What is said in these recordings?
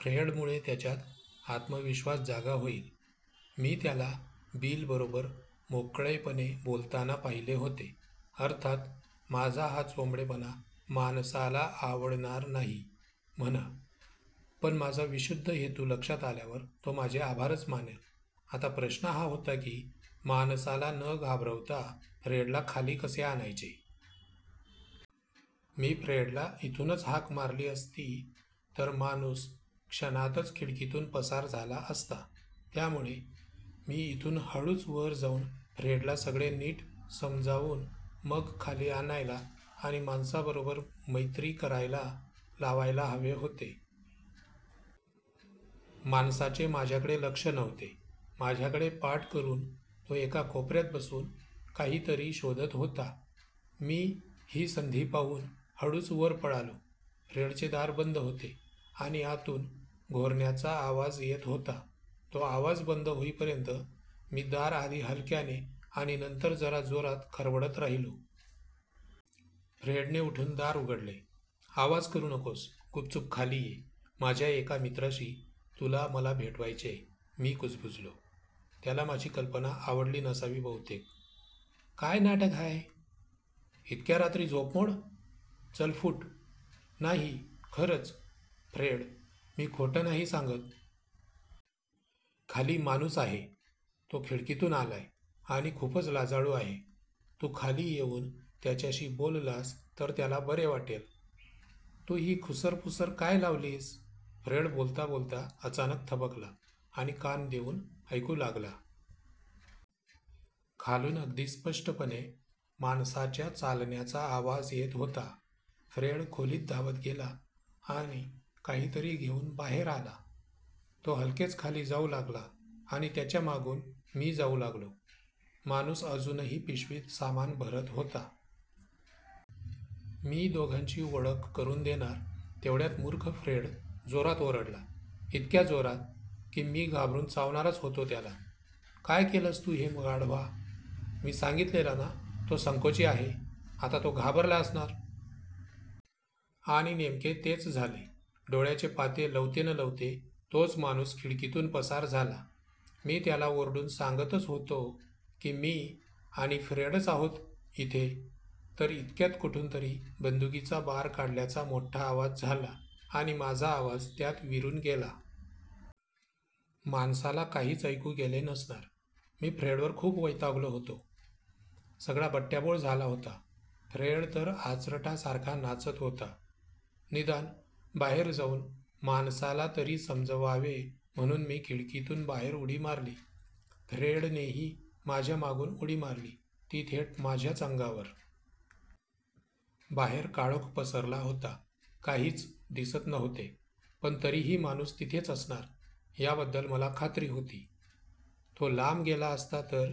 फ्रेडमुळे त्याच्यात आत्मविश्वास जागा होईल. मी त्याला बिलबरोबर मोकळेपणे बोलताना पाहिले होते. अर्थात माझा हा चोंबडेपणा माणसाला आवडणार नाही म्हणा, पण माझा विशुद्ध हेतू लक्षात आल्यावर तो माझे आभारच मानेल. आता प्रश्न हा होता की माणसाला न घाबरवता फ्रेडला खाली कसे आणायचे? मी फ्रेडला इथूनच हाक मारली असती तर माणूस क्षणातच खिडकीतून पसार झाला असता. त्यामुळे मी इथून हळूच वर जाऊन फ्रेडला सगळे नीट समजावून मग खाली आणायला आणि माणसाबरोबर मैत्री करायला लावायला हवे होते. माणसाचे माझ्याकडे लक्ष नव्हते. माझ्याकडे पाठ करून तो एका कोपऱ्यात बसून काहीतरी शोधत होता. मी ही संधी पाहून हळूच वर पळालो. फ्रेडचे दार बंद होते आणि आतून घोरण्याचा आवाज येत होता. तो आवाज बंद होईपर्यंत मी दार आधी हलक्याने आणि नंतर जरा जोरात खरवडत राहिलो. फ्रेडने उठून दार उघडले. आवाज करू नकोस, गुपचुप खाली ये. माझ्या एका मित्राशी तुला मला भेटवायचेय. मी कुजबुजलो. त्याला माझी कल्पना आवडली नसावी बहुतेक. काय नाटक हाय? इतक्या रात्री झोपमोड? चल फुट. नाही, खरंच फ्रेड, मी खोटं नाही सांगत. खाली माणूस आहे. तो खिडकीतून आलाय आणि खूपच लाजाळू आहे. तू खाली येऊन त्याच्याशी बोललास तर त्याला बरे वाटेल. तू ही खुसरपुसर काय लावलीयस? फ्रेड बोलताबोलता अचानक थबकला आणि कान देऊन ऐकू लागला. खालून अगदी स्पष्टपणे माणसाच्या चालण्याचा आवाज येत होता. फ्रेड खोलीत धावत गेला आणि काहीतरी घेऊन बाहेर आला. तो हलकेच खाली जाऊ लागला आणि त्याच्या मागून मी जाऊ लागलो. माणूस अजूनही पिशवीत सामान भरत होता. मी दोघांची ओळख करून देणार तेवढ्यात मुर्ख फ्रेड जोरात ओरडला. इतक्या जोरात की मी घाबरून चावणारच होतो त्याला. काय केलंस तू हे गाढवा? मी सांगितलेलं ना तो संकोची आहे? आता तो घाबरला असणार! आणि नेमके तेच झाले. डोळ्याचे पाते लवते न लवते तोच माणूस खिडकीतून पसार झाला. मी त्याला ओरडून सांगतच होतो की मी आणि फ्रेडच आहोत इथे, तर इतक्यात कुठूनतरी बंदुकीचा बार काढल्याचा मोठ्ठा आवाज झाला आणि माझा आवाज त्यात विरून गेला. माणसाला काहीच ऐकू गेले नसणार. मी फ्रेडवर खूप वैतागलो होतो. सगळा बट्याबोळ झाला होता. फ्रेड तर आचरटासारखा नाचत होता. निदान बाहेर जाऊन माणसाला तरी समजवावे म्हणून मी खिडकीतून बाहेर उडी मारली. फ्रेडनेही माझ्या मागून उडी मारली ती थेट माझ्याच अंगावर. बाहेर काळोख पसरला होता. काहीच दिसत नव्हते पण तरीही माणूस तिथेच असणार याबद्दल मला खात्री होती. तो लांब गेला असता तर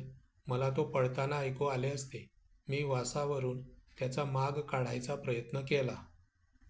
मला तो पळताना ऐकू आले असते. मी वासावरून त्याचा माग काढायचा प्रयत्न केला.